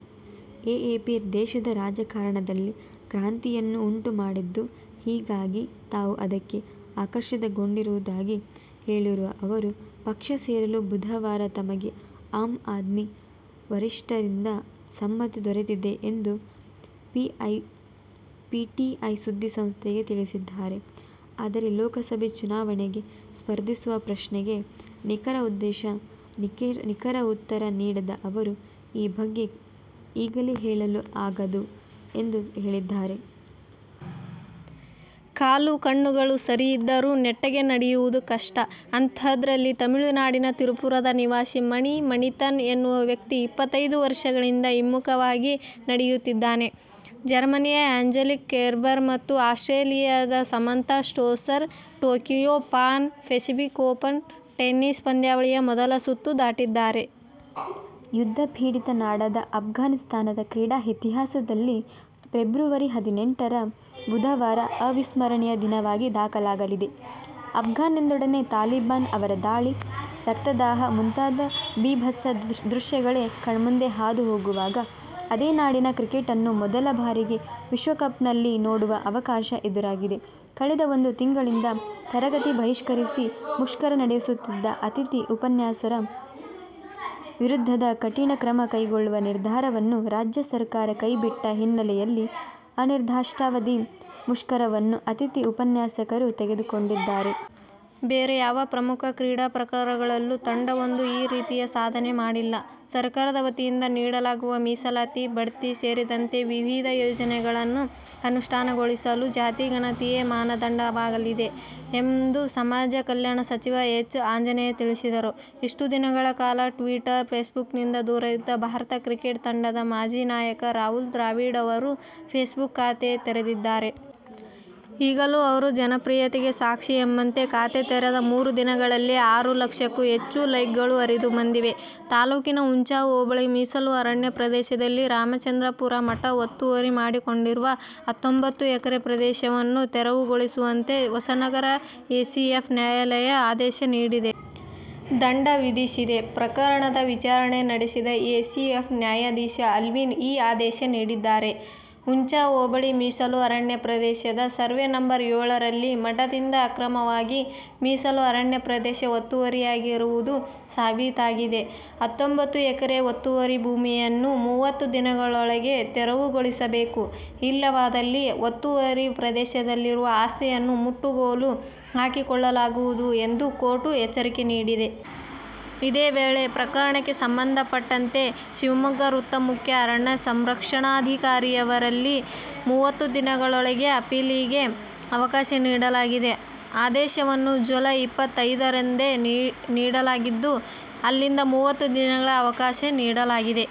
AAP ದೇಶದ ರಾಜಕಾರಣದಲ್ಲಿ ಕ್ರಾಂತಿಯನ್ನು ಉಂಟು ಮಾಡಿದ್ದು, ಹೀಗಾಗಿ ತಾವು ಅದಕ್ಕೆ ಆಕರ್ಷಿತಗೊಂಡಿರುವುದಾಗಿ ಹೇಳಿರುವ ಅವರು, ಪಕ್ಷ ಸೇರಲು ಬುಧವಾರ ತಮಗೆ ಆಮ್ ಆದ್ಮಿ ವರಿಷ್ಠರಿಂದ ಸಮ್ಮತಿ ದೊರೆತಿದೆ ಎಂದು ಪಿಟಿಐ ಸುದ್ದಿಸಂಸ್ಥೆಗೆ ತಿಳಿಸಿದ್ದಾರೆ. ಆದರೆ ಲೋಕಸಭೆ ಚುನಾವಣೆಗೆ ಸ್ಪರ್ಧಿಸುವ ಪ್ರಶ್ನೆಗೆ ನಿಖರ ಉತ್ತರ ನೀಡದ ಅವರು, ''ಈ ಬಗ್ಗೆ ಈಗಲೇ ಹೇಳಲು ಆಗದು'' ಎಂದು ಹೇಳಿದ್ದಾರೆ. ಕಾಲು ಕಣ್ಣುಗಳು ಸರಿ ಇದ್ದರೂ ನೆಟ್ಟಗೆ ನಡೆಯೋದು ಕಷ್ಟ. ಅಂಥದ್ರಲ್ಲಿ ತಮಿಳುನಾಡಿನ ತಿರುಪುರದ ನಿವಾಸಿ ಮಣಿ ಮಣಿಥನ್ ಎನ್ನುವ ವ್ಯಕ್ತಿ ಇಪ್ಪತ್ತೈದು ವರ್ಷಗಳಿಂದ ಹಿಮ್ಮುಖವಾಗಿ ನಡೆಯುತ್ತಿದ್ದಾನೆ. ಜರ್ಮನಿಯ ಆ್ಯಂಜೆಲಿಕ್ ಕೆರ್ಬರ್ ಮತ್ತು ಆಸ್ಟ್ರೇಲಿಯದ Samantha Stosur "Tokyo Pan Pacific Open' tennis ಪಂದ್ಯಾವಳಿಯ ಮೊದಲ ಸುತ್ತು ದಾಟಿದ್ದಾರೆ. ಯುದ್ಧಪೀಡಿತ ನಾಡಾದ ಅಫ್ಘಾನಿಸ್ಥಾನದ ಕ್ರೀಡಾ ಇತಿಹಾಸದಲ್ಲಿ ಫೆಬ್ರವರಿ ಹದಿನೆಂಟರ ಬುಧವಾರ ಅವಿಸ್ಮರಣೀಯ ದಿನವಾಗಿ ದಾಖಲಾಗಲಿದೆ. ಅಫ್ಘಾನ್ ಎಂದೊಡನೆ ತಾಲಿಬಾನ್, ಅವರ ದಾಳಿ, ರಕ್ತದಾಹ ಮುಂತಾದ ಭೀಭತ್ಸ ದೃಶ್ಯಗಳೇ ಕಣ್ಮುಂದೆ ಹಾದು ಹೋಗುವಾಗ, ಅದೇ ನಾಡಿನ ಕ್ರಿಕೆಟನ್ನು ಮೊದಲ ಬಾರಿಗೆ ವಿಶ್ವಕಪ್ನಲ್ಲಿ ನೋಡುವ ಅವಕಾಶ ಎದುರಾಗಿದೆ. ಕಳೆದ ಒಂದು ತಿಂಗಳಿಂದ ತರಗತಿ ಬಹಿಷ್ಕರಿಸಿ ಮುಷ್ಕರ ನಡೆಸುತ್ತಿದ್ದ ಅತಿಥಿ ಉಪನ್ಯಾಸರ ವಿರುದ್ಧದ ಕಠಿಣ ಕ್ರಮ ಕೈಗೊಳ್ಳುವ ನಿರ್ಧಾರವನ್ನು ರಾಜ್ಯ ಸರ್ಕಾರ ಕೈ ಬಿಟ್ಟ ಹಿನ್ನೆಲೆಯಲ್ಲಿ ಅನಿರ್ದಿಷ್ಟಾವಧಿ ಮುಷ್ಕರವನ್ನು ಅತಿಥಿ ಉಪನ್ಯಾಸಕರು ಹಿಂತೆಗೆದುಕೊಂಡಿದ್ದಾರೆ. ಬೇರೆ ಯಾವ ಪ್ರಮುಖ ಕ್ರೀಡಾ ಪ್ರಕಾರಗಳಲ್ಲೂ ತಂಡವೊಂದು ಈ ರೀತಿಯ ಸಾಧನೆ ಮಾಡಿಲ್ಲ. ಸರ್ಕಾರದ ವತಿಯಿಂದ ನೀಡಲಾಗುವ ಮೀಸಲಾತಿ, ಬಡ್ತಿ ಸೇರಿದಂತೆ ವಿವಿಧ ಯೋಜನೆಗಳನ್ನು ಅನುಷ್ಠಾನಗೊಳಿಸಲು ಜಾತಿ ಗಣತಿಯೇ ಮಾನದಂಡ ವಾಗಲಿದೆ ಎಂದು ಸಮಾಜ ಕಲ್ಯಾಣ ಸಚಿವ ಎಚ್. ಆಂಜನೇಯ ತಿಳಿಸಿದರು. ಇಷ್ಟು ದಿನಗಳ ಕಾಲ ಟ್ವೀಟರ್, ಫೇಸ್ಬುಕ್ನಿಂದ ದೂರವಿದ್ದ ಭಾರತ ಕ್ರಿಕೆಟ್ ತಂಡದ ಮಾಜಿ ನಾಯಕ ರಾಹುಲ್ ದ್ರಾವಿಡ್ ಅವರು ಫೇಸ್ ಬುಕ್ ಖಾತೆ ತೆರೆದಿದ್ದಾರೆ. ಈಗಲೂ ಅವರ ಜನಪ್ರಿಯತೆಗೆ ಸಾಕ್ಷಿ ಎಂಬಂತೆ ಖಾತೆ ತೆರದ ಮೂರು ದಿನಗಳಲ್ಲೆ ಆರು ಲಕ್ಷಕ್ಕೂ ಹೆಚ್ಚು ಲೈಕ್ಗಳು ಹರಿದು ಬಂದಿವೆ. ತಾಲೂಕಿನ ಹುಂಚಾ ಹೋಬಳಿ ಮೀಸಲು ಅರಣ್ಯ ಪ್ರದೇಶದಲ್ಲಿ ರಾಮಚಂದ್ರಾಪುರ ಮಠ ಒತ್ತುವರಿ ಮಾಡಿಕೊಂಡಿರುವ ಹತ್ತೊಂಬತ್ತು ಎಕರೆ ಪ್ರದೇಶವನ್ನು ತೆರವುಗೊಳಿಸುವಂತೆ ಹೊಸನಗರ ಎಸಿಎಫ್ ನ್ಯಾಯಾಲಯ ಆದೇಶ ನೀಡಿದೆ. ದಂಡ ವಿಧಿಸಿದೆ. ಪ್ರಕರಣದ ವಿಚಾರಣೆ ನಡೆಸಿದ ಎಸಿಎಫ್ ನ್ಯಾಯಾಧೀಶ ಆಲ್ವಿನ್ ಈ ಆದೇಶ ನೀಡಿದ್ದಾರೆ. ಹುಂಚಾ ಹೋಬಳಿ ಮೀಸಲು ಅರಣ್ಯ ಪ್ರದೇಶದ ಸರ್ವೇ ನಂ.ಏಳರಲ್ಲಿ ಮಠದಿಂದ ಅಕ್ರಮವಾಗಿ ಮೀಸಲು ಅರಣ್ಯ ಪ್ರದೇಶ ಒತ್ತುವರಿಯಾಗಿರುವುದು ಸಾಬೀತಾಗಿದೆ. ಹತ್ತೊಂಬತ್ತು ಎಕರೆ ಒತ್ತುವರಿ ಭೂಮಿಯನ್ನು ಮೂವತ್ತು ದಿನಗಳೊಳಗೆ ತೆರವುಗೊಳಿಸಬೇಕು. ಇಲ್ಲವಾದಲ್ಲಿ ಒತ್ತುವರಿ ಪ್ರದೇಶದಲ್ಲಿರುವ ಆಸ್ತಿಯನ್ನು ಮುಟ್ಟುಗೋಲು ಹಾಕಿಕೊಳ್ಳಲಾಗುವುದು ಎಂದು ಕೋರ್ಟ್ ಎಚ್ಚರಿಕೆ ನೀಡಿದೆ. ಇದೇ ವೇಳೆ, ಪ್ರಕರಣಕ್ಕೆ ಸಂಬಂಧಪಟ್ಟಂತೆ ಶಿವಮೊಗ್ಗ ವೃತ್ತ ಮುಖ್ಯ ಅರಣ್ಯ ಸಂರಕ್ಷಣಾಧಿಕಾರಿಯವರಲ್ಲಿ ಮೂವತ್ತು ದಿನಗಳೊಳಗೆ ಅಪೀಲಿಗೆ ಅವಕಾಶ ನೀಡಲಾಗಿದೆ. ಆದೇಶವನ್ನು ಜುಲೈ ಇಪ್ಪತ್ತೈದರಂದೇ ನೀಡ ಲಾಗಿದ್ದು, ಅಲ್ಲಿಂದ ಮೂವತ್ತು ದಿನಗಳ ಅವಕಾಶ ನೀಡಲಾಗಿದೆ.